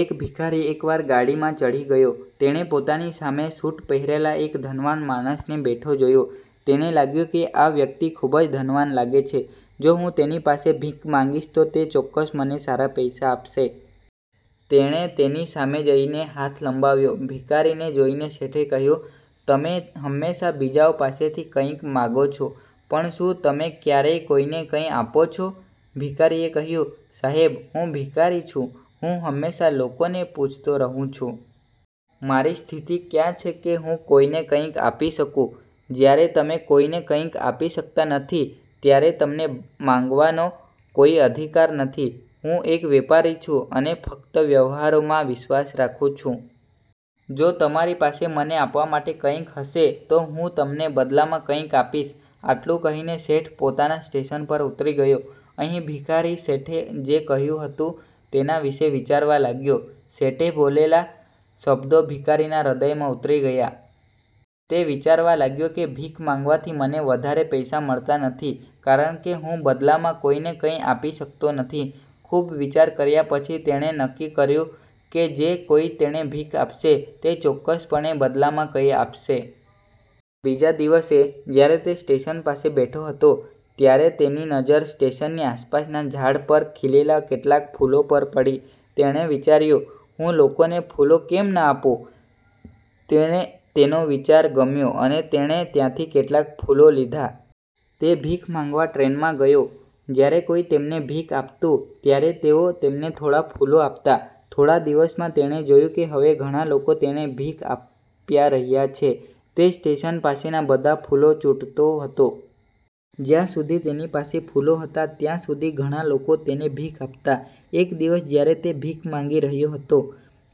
એક ભિખારી એકવાર ગાડીમાં ચઢી ગયો. તેણે પોતાની સામે સૂટ પહેરેલા એક ધનવાન માણસને બેઠો જોયો. તેને લાગ્યું કે આ વ્યક્તિ ખૂબ જ ધનવાન લાગે છે. જો હું તેની પાસે ભીખ માંગીશ તો તે ચોક્કસ મને સારા પૈસા આપશે. તેણે તેની સામે જઈને હાથ લંબાવ્યો. ભિખારીને જોઈને શેઠે કહ્યું, "તમે હંમેશા બીજાઓ પાસેથી કંઈક માગો છો, પણ શું તમે ક્યારેય કોઈને કંઈ આપો છો? " ભિખારીએ કહ્યું, "સાહેબ, હું ભિખારી છું, હું હંમેશા લોકોને પૂછતો રહું છું. મારી સ્થિતિ ક્યાં છે કે હું કોઈને કંઈક આપી શકું? " "જ્યારે તમે કોઈને કંઈક આપી શકતા નથી, ત્યારે તમને માંગવાનો કોઈ અધિકાર નથી. હું એક વેપારી છું અને ફક્ત વ્યવહારોમાં વિશ્વાસ રાખું છું. જો તમારી પાસે મને આપવા માટે કંઈક હશે, તો હું તમને બદલામાં કંઈક આપીશ." આટલું કહીને શેઠ પોતાના સ્ટેશન પર ઉતરી ગયો. અહીં ભિખારી શેઠે જે કહ્યું હતું તેના વિશે વિચારવા લાગ્યો. શેઠે બોલેલા શબ્દો ભિખારીના હૃદયમાં ઉતરી ગયા. તે વિચારવા લાગ્યો કે ભીખ માંગવાથી મને વધારે પૈસા મળતા નથી કારણ કે હું બદલામાં કોઈને કંઈ આપી શકતો નથી. ખૂબ વિચાર કર્યા પછી, તેણે નક્કી કર્યું કે જે કોઈ તેણે ભીખ આપશે, તે ચોક્કસપણે બદલામાં કંઈક આપશે. બીજા દિવસે, જ્યારે તે સ્ટેશન પાસે બેઠો હતો, ત્યારે તેની નજર સ્ટેશનની આસપાસના ઝાડ પર ખીલેલા કેટલાક ફૂલો પર પડી. તેણે વિચાર્યું, હું લોકોને ફૂલો કેમ ન આપું? તેને તેનો વિચાર ગમ્યો અને તેણે ત્યાંથી કેટલાક ફૂલો લીધા. તે ભીખ માંગવા ટ્રેનમાં ગયો. જ્યારે કોઈ તેમને ભીખ આપતું, ત્યારે તેઓ તેમને થોડા ફૂલો આપતા. થોડા દિવસોમાં, તેણે જોયું કે હવે ઘણા લોકો તેણે ભીખ આપ્યા રહ્યા છે. તે સ્ટેશન પાસેના બધા ફૂલો ચૂંટતો હતો. જ્યાં સુધી તેની પાસે ફૂલો હતા, ત્યાં સુધી ઘણા લોકો તેને ભીખ આપતા. એક દિવસ જ્યારે તે ભીખ માંગી રહ્યો હતો,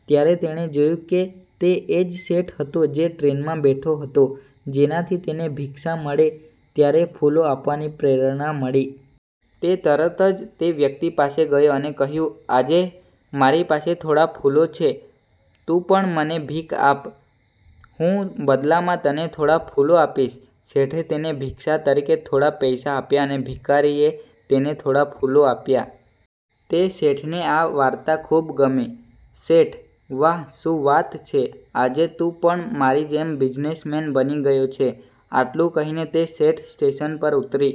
ત્યારે તેણે જોયું કે તે એ જ શેઠ હતો જે ટ્રેનમાં બેઠો હતો, જેનાથી તેને ભિક્ષા મળે ત્યારે ફૂલો આપવાની પ્રેરણા મળી. તે તરત જ તે વ્યક્તિ પાસે ગયો અને કહ્યું, "આજે મારી પાસે થોડા ફૂલો છે, તું પણ મને ભીખ આપ, હું બદલામાં તને થોડા ફૂલો આપીશ." શેઠે તેને ભિક્ષા તરીકે થોડા પૈસા આપ્યા અને ભિખારીએ તેને થોડા ફૂલો આપ્યા. તે શેઠને આ વાર્તા ખૂબ ગમી. શેઠ: – "વાહ, શું વાત છે? આજે તું પણ મારી જેમ બિઝનેસમેન બની ગયો છે. " આટલું કહીને તે સેઠ સ્ટેશન પર ઉતરી